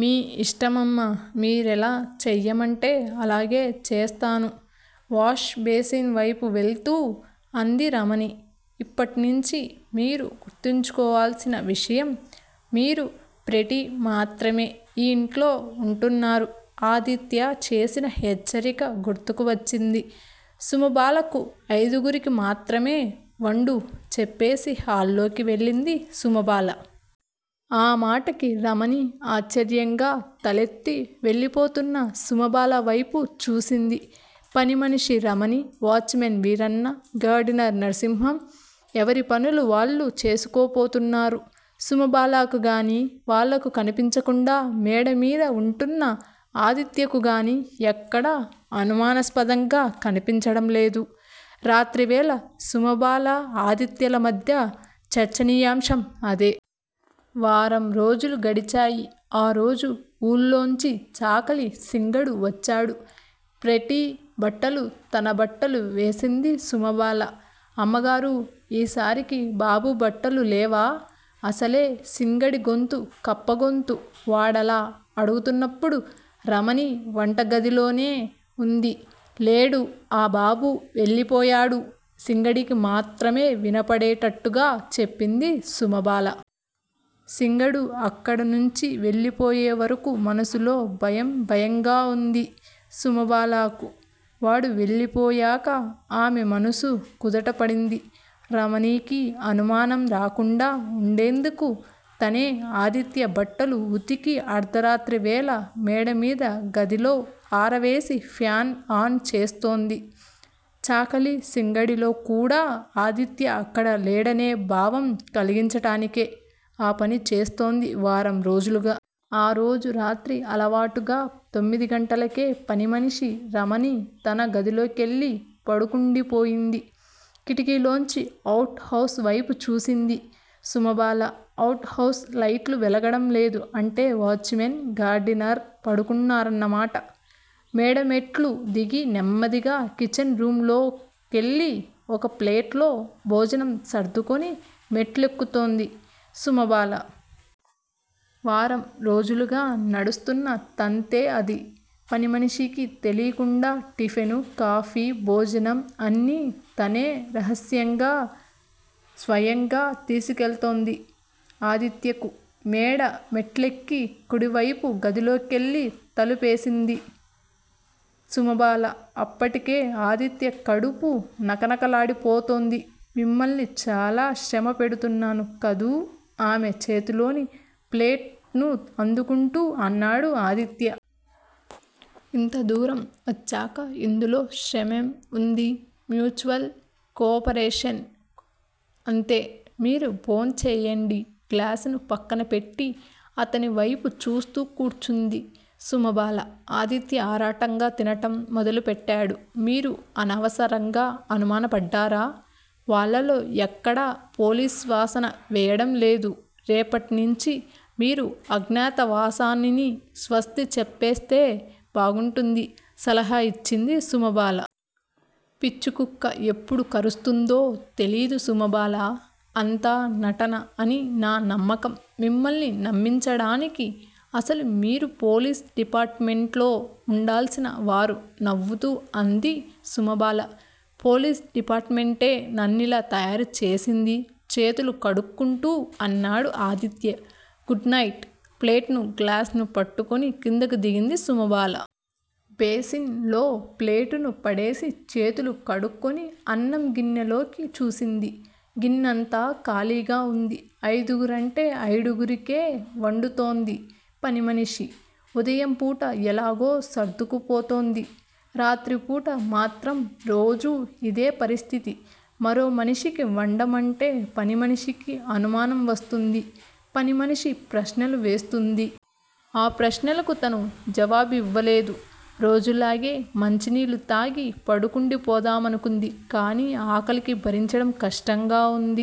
మీ ఇష్టమమ్మా మీరెలా చెయ్యమంటే అలాగే చేస్తాను వాష్ బేసిన్ వేపు వెళ్తూ అంది రమణి. ఇప్పట్నించి మీరు గుర్తుంచుకోవాల్సిన విషయం మీరు, ప్రెటీ మాత్రమే ఈ ఇంట్లో వుంటున్నారు. ఆదిత్య చేసిన హెచ్చరిక గుర్తుకు వచ్చింది సుమబాలకు. అయిదుగురికి మాత్రమే వండు చెప్పేసి హాల్లోకి వెళ్ళింది సుమబాల. ఆ మాటకి రమణి ఆశ్చర్యంగా తలెత్తి వెళ్ళిపోతున్న సుమబాల వేపు చూసింది. పనిమనిషి Ramani, watchman Veeranna, gardener Narasimham ఎవరి పనులు వాళ్ళు చేసుకుపోతున్నారు. సుమబాలకు గానీ వాళ్ళకు కనిపించకుండా మేడమీద వుంటున్న ఆదిత్యకుగానీ ఎక్కడా అనుమానాస్పదంగా కనిపించడంలేదు. రాత్రివేళ సుమబాల, ఆదిత్యల మధ్య చర్చనీయాంశం అదే. వారం రోజులు గడిచాయి. ఆ రోజు ఊళ్ళోంచి చాకలి సింగడు వచ్చాడు. ప్రెటీ బట్టలు, తన బట్టలు వేసింది సుమబాల. అమ్మగారూ! ఈసారికి బాబు బట్టలు లేవా అసలే సింగడిగొంతు కప్ప గొంతు. వాడలా అడుగుతున్నప్పుడు రమణి వంటగదిలోనే వుంది. లేడు ఆ బాబు వెళ్ళిపోయాడు సింగడికి మాత్రమే వినపడేటట్టుగా చెప్పింది సుమబాల. సింగడు అక్కడనుంచి వెళ్ళిపోయేవరకూ మనసులో భయం భయంగా వుంది సుమబాలకు. వాడు వెళ్ళిపోయాక ఆమె మనసు కుదుటపడింది. రమణికి అనుమానం రాకుండా వుండేందుకు తనే ఆదిత్య బట్టలు ఉతికి అర్థరాత్రివేళ మేడమీద గదిలో ఆరవేసి ఫ్యాన్ ఆన్ చేస్తోంది. చాకలి సింగడిలో కూడా ఆదిత్య అక్కడ లేడనే భావం కల్గించటానికే ఆ పని చేస్తోంది వారం రోజులుగా. ఆ రోజు రాత్రి. అలవాటుగా తొమ్మిదిగంటలకే పనిమనిషి రమణి తన గదిలోకెళ్ళి పడుకుండిపోయింది. కిటికీలోంచి అవుట్ హౌస్ వేపు చూసింది సుమబాల. అవుట్ హౌస్ లైట్లు వెలగడం లేదు. అంటే వాచ్ మెన్, గార్డినర్ పడుకున్నారన్నమాట. మేడమెట్లు దిగి నెమ్మదిగా కిచెన్ రూమ్ లోకెళ్ళి ఒక ప్లేట్లో భోజనం సర్దుకొని మెట్లెక్కుతోంది సుమబాల. వారం రోజులుగా నడుస్తున్న తంతే అది పనిమనిషికి తెలీకుండా టిఫిను, కాఫీ, భోజనం అన్నీ తనే రహస్యంగా, స్వయంగా తీసికెళ్తోంది ఆదిత్యకు. మేడ మెట్లెక్కి కుడివేపు గదిలోకెళ్ళి తలుపేసింది సుమబాల. అప్పటికే ఆదిత్య కడుపు నకనకలాడిపోతోంది. మిమ్మల్ని చాలా శ్రమ పెడుతున్నాను కదూ ఆమె చేతిలోని ప్లేట్ ను అందుకుంటూ అన్నాడు ఆదిత్య. ఇంత దూరం వచ్చాక ఇందులో శ్రమేం వుంది? మ్యూచవల్ కోపరేషన్ అంతే మీరు భోంచెయ్యండి గ్లాసును పక్కన పెట్టి అతని వేపు చూస్తూ కూర్చుంది సుమబాల. ఆదిత్య ఆరాటంగా తినటం మొదలుపెట్టాడు. మీరు అనవసరంగా అనుమానపడ్డారా? వాళ్ళల్లో ఎక్కడా పోలీసువాసన వెయ్యడంలేదు. రేపట్నించీ మీరు అజ్ఞాతవాసానిని స్వస్తి చెప్పేస్తే బాగుంటుంది సలహా యిచ్చింది సుమబాల. పిచ్చికుక్క ఎప్పుడు కరుస్తుందో తెలీదు సుమబాలా! అంతా నటన అని నా నమ్మకం మిమ్మల్ని నమ్మించడానికి. అసలు మీరు పోలీస్ డిపార్ట్ మెంట్లో వుండాల్సిన వారు నవ్వుతూ అంది సుమబాల. పోలీసు డిపార్టుమెంటే నన్నిలా తయారుచేసింది చేతులు కడుక్కుంటూ అన్నాడు ఆదిత్య. గుడ్ నైట్ ప్లేట్ ను, గ్లాసును పట్టుకుని కిందకు దిగింది సుమబాల. బేసిన్ లో ప్లేటును పడేసి చేతులు కడుక్కొని అన్నం గిన్నెలోకి చూసింది. గిన్నంతా ఖాళీగా వుంది. అయిదుగురంటే అయిడుగురికే వండుతోంది పనిమనిషి. ఉదయంపూట ఎలాగో సర్దుకుపోతోంది. రాత్రిపూట మాత్రం రోజూ యిదే పరిస్థితి మరో మనిషికి వండమంటే పనిమనిషికి అనుమానం వస్తుంది. పనిమనిషి ప్రశ్నలు వేస్తుంది. ఆ ప్రశ్నలకు తను జవాబివ్వలేదు. రోజులాగే మంచినీళ్ళు తాగి పడుకుండిపోదామనుకుంది. కానీ ఆకలికి భరించడం కష్టంగా వుంది.